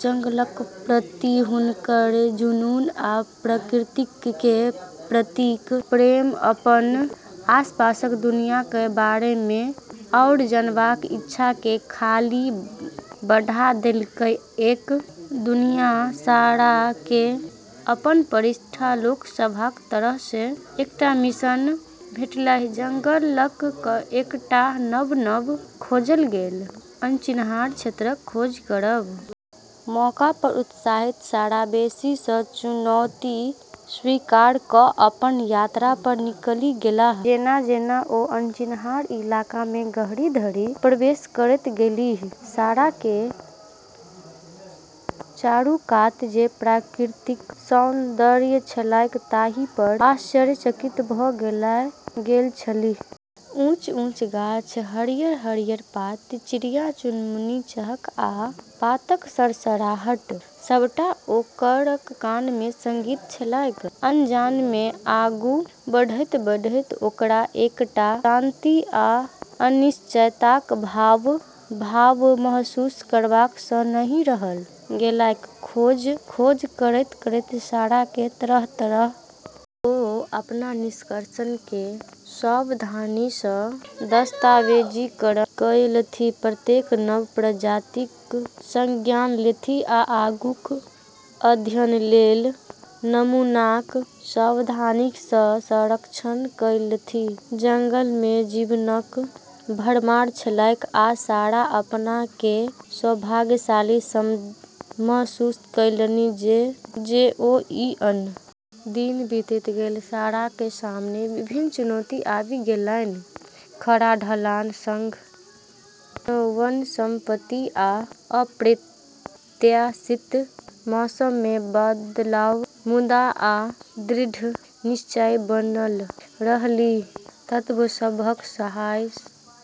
जंगलक प्रति हुनकर जुनून आ प्रकृति केँ प्रति प्रेम अपन आसपासक दुनियाक बारे मे आउर जानबाक इच्छा केँ खाली बढ़ा देलकै। एक दिन सारा केँ अपन वरिष्ठ लोक सभक तरफ सँ एकटा मिशन भेटलैन: जंगलक एकटा नव-नव खोजल गेल, अनचिन्हार क्षेत्रक खोज करब। मौका पर उत्साहित सारा बेसब्री सँ चुनौती स्वीकार कऽ अपन यात्रा पर निकलि गेलीह। जेना-जेना ओ अनचिन्हार इलाका मे गहींर धरि प्रवेश करैत गेलीह, सारा केँ चारू कात जे प्राकृतिक सौन्दर्य छलैक ताहि पर आश्चर्यचकित भऽ गेल छलीह। ऊँच-ऊँच गाछ, हरियर-हरियर पात, चिड़ै-चुनमुनीक चहक आ पातक सरसराहट सबटा ओकर कान मे संगीत छलैक। अनजान मे आगू बढ़ैत-बढ़ैत ओकरा एकटा शांति आ निश्चिन्तताक भाव महसूस करबा सँ नहि रहल गेलैक। खोज करैत-करैत सारा केँ तरह-तरहक जानवर आ पौधाक खोज भेलैन जे पहिने कहियो नहि देखने छलीह। ओ अपन निष्कर्ष केँ सावधानी सँ दस्तावेजीकरण कएलथि, प्रत्येक नव प्रजातिक संज्ञान लेलथि आ आगूक अध्ययन लेल नमूनाक सावधानी सँ संरक्षण कएलथि। जंगल मे जीवनक भरमार छलैक, आ सारा अपना केँ सौभाग्यशाली महसूस कएलनि जे ओ ई अनचिन्हार इलाकाक गवाह सब सँ पहिने मे सँ एक छलीह। दिन बीतैत गेल, साराक सामने विभिन्न चुनौती आबि गेलैन, खड़ा ढलान, सघन वनस्पति, आ अप्रत्याशित मौसम मे बदलाव। मुदा ओ दृढ़ निश्चयी बनल रहलीह, तत्व सभक साहस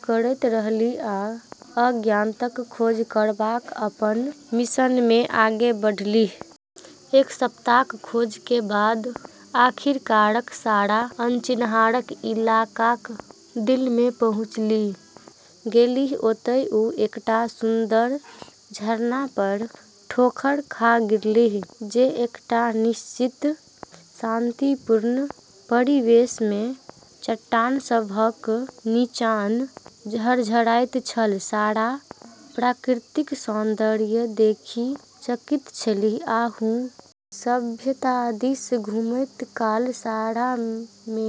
करैत रहलीह आ अज्ञातक खोज करबाक अपन मिशन मे आगू बढ़लीह। एक सप्ताहक खोजक बाद आखिरकार सारा अनचिन्हार इलाकाक दिल मे पहुँची गेलीह। ओतय ओ एकटा सुन्दर झरना पर ठोकर खा गेलीह, जे एकटा निश्चिंत, शांतिपूर्ण परिवेश मे चट्टान सभक नीचाँ झरझराइत छल। सारा प्राकृतिक सौन्दर्य देखि चकित छलीह, आ हुनका बुझल छलनि जे हुनका सचमुच किछु खास खोज भेलैन अछि। सभ्यता दिस घुरैत काल सारा मे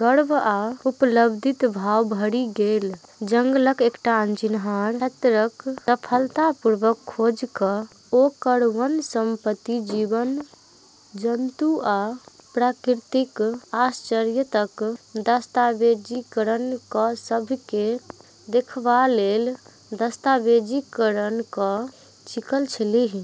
गर्व आ उपलब्धिक भाव भरि गेल। जंगलक एकटा अनचिन्हार क्षेत्रक सफलतापूर्वक खोज कऽ ओकर वनस्पति, जीव-जन्तु आ प्राकृतिक आश्चर्यक दस्तावेजीकरण कऽ सब केँ देखबा लेल दस्तावेजीकरण कऽ चुकल छलीह।